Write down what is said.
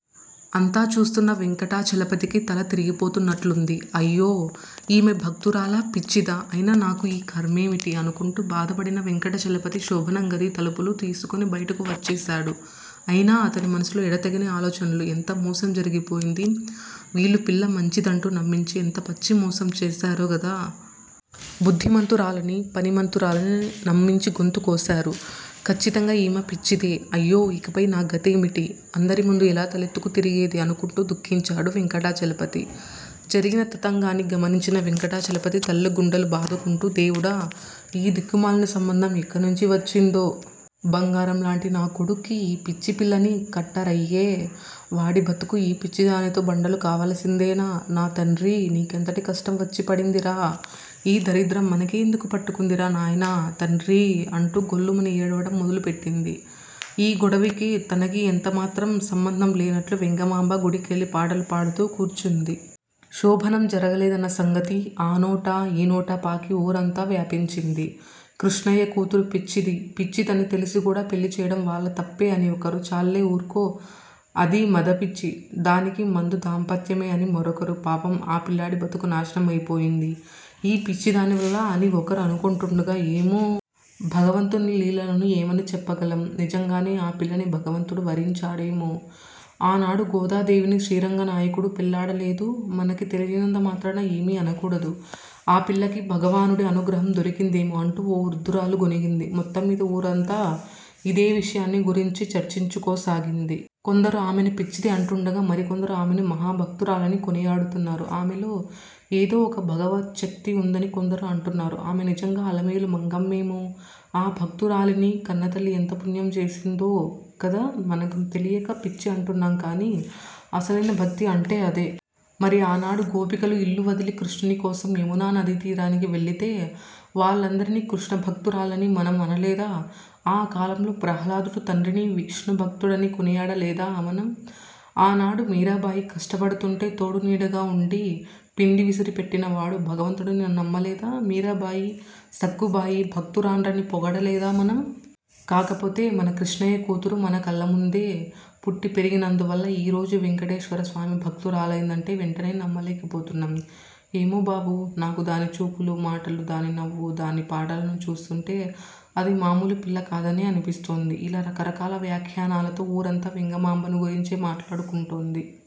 అంతా చూస్తున్న వెంకటాచలపతికి తల తిరిగిపోతున్నట్లుంది. అయ్యో! ఈమె భక్తురాలా? పిచ్చిదా? అయినా నాకు ఈ ఖర్మేమిటి? అనుకుంటూ బాధపడిన వెంకటాచలపతి శోభనం గది తలుపులు తీసుకుని బయటకు వచ్చేశాడు. అయినా అతని మనసులో ఎడతెగని ఆలోచనలు ఎంత మోసం జరిగిపోయింది! వీళ్ళు పిల్ల మంచిదంటూ నమ్మించి, ఎంత పచ్చి మోసం చేశారో గదా! బుదిమంతురాలని, పని మంతురాలని నమ్మించి గొంతు కోశారు. ఖచ్చితంగా ఈమె పిచ్చిదే. అయ్యో! ఇకపై నా గతేమిటి అందరి ముందు ఎలా తలెత్తుకు తిరిగేది? అనుకుంటూ దుఃఖించాడు వెంకటాచలపతి. జరిగిన తతంగాన్ని గమనించిన వెంకటాచలపతి తల్లి గుండెలు బాదుకుంటూ, దేవుడా! ఈ దిక్కుమాలిన సంబంధం ఎక్కడ్నుంచి వచ్చిందో? బంగారం లాంటి నా కొడుక్కి ఈ పిచ్చి పిల్లని కట్టరయ్యే! వాడి బతుకు ఈ పిచ్చిదానితో బండలు కావలసిందేనా? నా తండ్రీ, నీకెంతటి కష్టం వచ్చి పడిందిరా? ఈ దరిద్రం మనకే ఎందుకు పట్టుకుందిరా. నాయనా! తండ్రీ!! అంటూ గొల్లుమని ఏడవడం మొదలెట్టింది. ఈ గొడవకీ, తనకీ ఎంత మాత్రం సంబంధం లేనట్లు వెంగమాంబ, గుడికెళ్ళి పాటలు పాడుతూ కూర్చుంది. శోభనం జరగలేదన్న సంగతి ఆ నోటా, ఈ నోటా పాకి, ఊరంతా వ్యాపించింది. కృష్ణయ్య కూతురు పిచ్చిది, పిచ్చిదని తెలిసి కూడా పెళ్ళి చేయడం వాళ్ళ తప్పే అని ఒకరు, చాల్లే ఊరుకో. అది మదపిచ్చి. డానికి మందు దాంపత్యమే అని మరొకరూ, పాపం, ఆ పిల్లాడి బతుకు నాశనమపోయింది, ఈ పిచ్చిదాని వల్ల అని ఒకరు అనుకొంటుండగా, ఏమో! భగవంతుని లీలలను ఏమని చెప్పగలం? నిజంగానే ఆ పిల్లని భగవంతుడు వరించాడేమో! ఆనాడు గోదాదేవిని శ్రీరంగనాయకుడు పెళ్ళాడలేదూ! మనకి తెలియనంత మాత్రాన ఏమీ అనకూడదు. ఆ పిల్లకి భగవానుడి అనుగ్రహం దొరికిందేమో! అంటూ ఓ వృద్దురాలు గొణిగింది. మొత్తంమీద ఊరంతా ఇదే విషయాన్ని గురించి చర్చించుకోసాగింది. కొందరు ఆమెను పిచ్చిది అంటుండగా, మరికొందరు ఆమెను మహాభక్తురాలని కొనియాడుతున్నారు. ఆమెలో ఏదో ఒక భగవచ్ఛక్తి ఉందని కొందరు అంటున్నారు. ఆమె నిజంగా అలమేలు మంగమ్మేమో! ఆ భక్తురాలీని కన్నతల్లి ఎంత పుణ్యం చేసిందో కదా! మనం తెలియక పిచ్చి అంటున్నాంకానీ, అసలైన భక్తి అంటే అదే! మరి ఆనాడు, గోపికలు ఇల్లు వదలి కృష్ణుని కోసం యమునా నదీతీరానికి వెళ్ళితే, వాళ్ళందరినీ కృష్ణ భక్తురాళ్ళని మనం అనలేదా? ఆ కాలంలో ప్రహ్లాదుడు తండ్రిని విష్ణుభక్తుడని కొనియాడలేదా మనం? ఆనాడు మీరాబాయి కష్టపడుతుంటే, తోడునీడగా ఉండి, పిండి విసిరి పెట్టినవాడు భగవంతుడని నమ్మలేదా? మీరాబాయి, సక్కుబాయి భక్తురాండ్రని పొగడలేదా మనం? కాకపొతే, మన కిష్ణయ్య కూతురు మన కళ్ళముందే పుట్టి పెరిగినందువల్ల, ఈ రోజు వెంకటేశ్వరస్వామి భక్తురాలైందంటే, వెంటెనే నమ్మలేకపోతున్నాం. ఏమో బాబూ! నాకు దాని చూపులు, మాటలు, దాని నవ్వు, దాని పాటలను చూస్తుంటే, అది మామూలు పిల్ల కాదనే అనిపిస్తోంది. ఇలా రకరకాల వ్యాఖ్యానాలతో ఊరంతా వెంగమాంబను గురించే మాట్లాడుకుంటోంది.